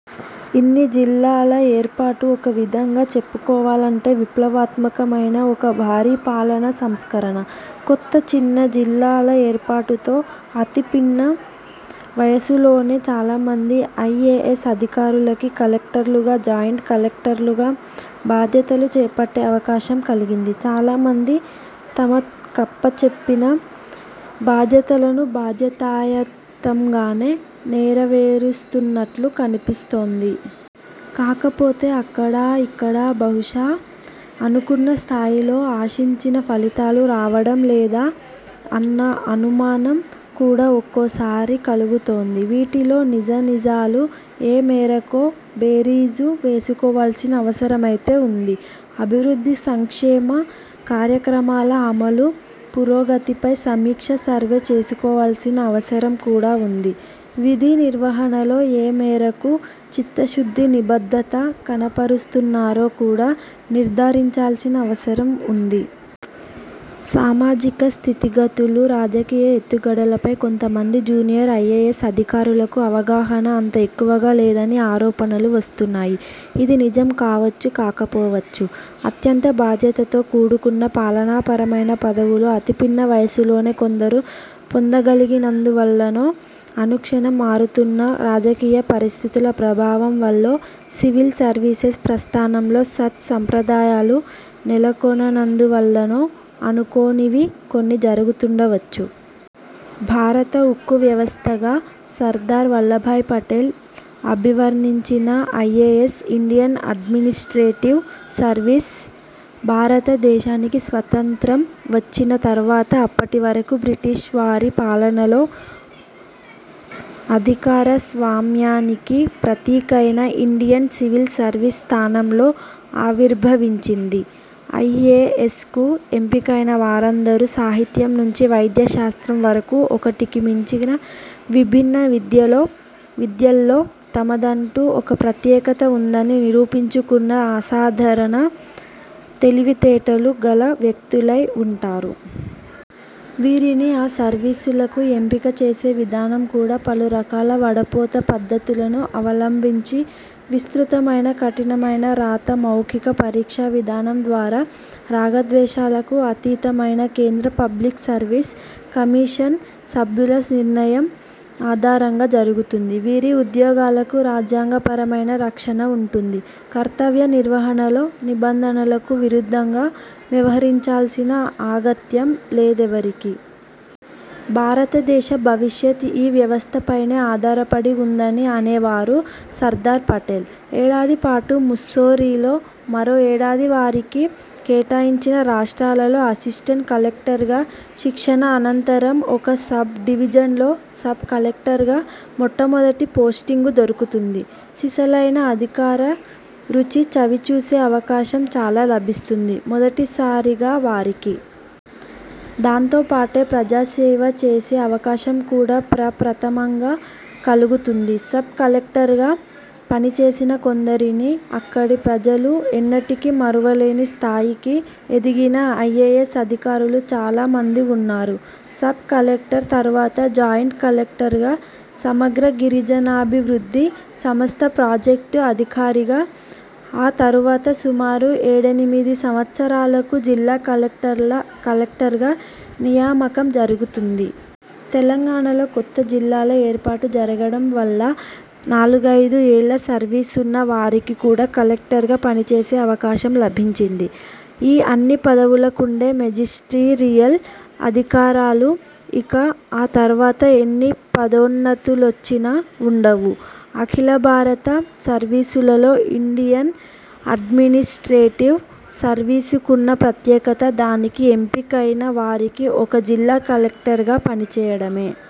ఇన్ని జిల్లాల ఏర్పాటు ఒక విధంగా చెప్పుకోవాలంటే విప్లవాత్మకమైన ఒక భారీ పాలనా సంస్కరణ. కొత్త- చిన్న జిల్లాల ఏర్పాటుతో అతి పిన్న వయసులోనే చాలామంది ఐఏఎస్ అధికారులకి కలెక్టర్లుగా, జాయింట్ కలెక్టర్లుగా బాధ్యతలు చేపట్టే అవకాశం కలిగింది. చాలామంది తమకప్పచెప్పిన బాధ్యతలను, బాధ్యతాయుతంగానే నేరవేరుస్తున్నట్లు కనిపిస్తోంది. కాకపొతే అక్కడా–ఇక్కడా బహుశా అనుకున్న స్థాయిలో, ఆశించిన ఫలితాలు రావడం లేదా అన్న అనుమానం కూడా ఒక్కోసారి కలుగుతోంది. వీటిలో నిజా-నిజాలు ఏ మేరకో బేరీజు వేసుకోవాల్సిన అవసరమైతే వుంది. అభివృద్ధి, సంక్షేమ కార్యక్రమాల అమలు పురోగతిపై సమీక్ష–సర్వే చేసుకోవాల్సిన అవసరం కూడా వుంది. విధి నిర్వహణలో ఏ మేరకు చిత్తశుద్ధి, నిబద్ధత కనపరుస్తున్నారో కూడా నిర్ధారించాల్సిన అవసరం వుంది. సామాజిక స్థితిగతులు, రాజకీయ ఎత్తుగడలపై కొంతమంది జూనియర్ ఐఏఎస్ అధికారులకు అవగాహన అంత ఎక్కువగా లేదని ఆరోపణలు వస్తున్నాయి. ఇది నిజం కావచ్చు, కాకపోవచ్చు. అత్యంత బాధ్యతతో కూడుకున్న పాలనాపరమైన పదవులు అతి పిన్న వయసులోనే కొందరు పొందగలిగినందువల్లనో, అనుక్షణం మారుతున్న రాజకీయ పరిస్థితుల ప్రభావం వల్లో, సివిల్ సర్వీసెస్ ప్రస్థానంలో సత్ సంప్రదాయాలు నెలకొననందువల్లనో అనుకోనివి కొన్ని జరుగుతుండవచ్చు. ''భారత ఉక్కు వ్యవస్థ''గా సర్దార్ వల్లభాయ్ పటేల్ అభివర్ణించిన, ఐఏఎస్- ''ఇండియన్ అడ్మినిస్ట్రేటివ్ సర్వీస్'', భారత దేశానికి స్వతంత్రం వచ్చిన తర్వాత, అప్పటివరకు, బ్రిటీష్ వారి పాలనలో అధికారస్వామ్యానికి ప్రతీకైన ''ఇండియన్ సివిల్ సర్వీస్ '' స్థానంలో ఆవిర్భవించింది. ఐఏఎస్కు ఎంపికైన వారందరూ, సాహిత్యం నుంచి వైద్య శాస్త్రం వరకు ఒకటికి మించిన విభిన్న విద్యల్లో తమదంటూ ఒక ప్రత్యేకత వుందని నిరూపించుకున్న అసాధారణ తెలివితేటలు గల వ్యక్తులై వుంటారు. వీరిని ఆ సర్వీసులకు ఎంపిక చేసే విధానం కూడా, పలు రకాల వడపోత పద్ధతులను అవలంబించి, విస్తృతమైన–కఠినమైన రాత–మౌఖిక పరీక్షా విధానం ద్వారా, రాగద్వేషాలకు అతీతమైన కేంద్ర పబ్లిక్ సర్వీస్ కమిషన్ సభ్యుల నిర్ణయం ఆధారంగా జరుగుతుంది. వీరి ఉద్యోగాలకు రాజ్యాంగపరమైన రక్షణ వుంటుంది. కర్తవ్య నిర్వహణలో, నిబంధనలకు విరుద్ధంగా వ్యవహరించాల్సిన ఆగత్యం లేదేవరికీ. భారతదేశ భవిష్యత్ ఈ వ్యవస్థపైనే ఆధారపడి వుందని అనేవారు సర్దార్ పటేల్. ఏడాది పాటు ముస్సోరీలో, మరో ఏడాది వారికి కేటాయించిన రాష్ట్రాలలో అసిస్టెంట్ కలెక్టర్గా శిక్షణ అనంతరం, ఒక సబ్ డివిజన్లో, సబ్ కలెక్టర్గా మొట్టమొదటి పోస్టింగు దొరుకుతుంది. -సిసలైన అధికార రుచి చవిచూసే అవకాశం అలా లభిస్తుంది మొదటిసారిగావారికి. దాంతో పాటే ప్రజాసేవ చేసే అవకాశం కూడా ప్రప్రథమంగా కలుగుతుంది. సబ్ కలెక్టర్గా పనిచేసిన కొందరిని, అక్కడి ప్రజలు ఎన్నటికీ మరువలేని స్థాయికి ఎదిగిన ఐఏఎస్ అధికారులు చాలా మంది వున్నారు. సబ్- కలెక్టర్ తరువాత జాయింట్ కలెక్టర్గా, సమగ్ర గిరిజనాభివృద్ధి సంస్థ ప్రాజెక్టు అధికారిగా, అ తరువాత సుమారు ఏడెనిమిది సంవత్సరాలకు జిల్లా కలెక్టర్గా నియామకం జరుగుతుంది. తెలంగాణలో కొత్త జిల్లాల ఏర్పాటు జరగడం వల్ల, నాలుగైదు ఏళ్ల సర్వీసున్న వారికి కూడా కలెక్టర్గా పనిచేసే అవకాశం లభించింది. ఈ అన్ని పదవుల కుండే మెజిస్టీరియల్ అధికారాలు, ఇక ఆ తర్వాత, ఎన్ని పదోన్నతులొచ్చినా వుండవు. అఖిలభారత సర్వీసులలో ఇండియన్ అడ్మినిస్ట్రేటివ్ సర్వీసుకున్న ప్రత్యేకత, దానికి ఎంపికైన వారికి ఒక ''జిల్లా కలెక్టర్''గా పనిచేయడమే!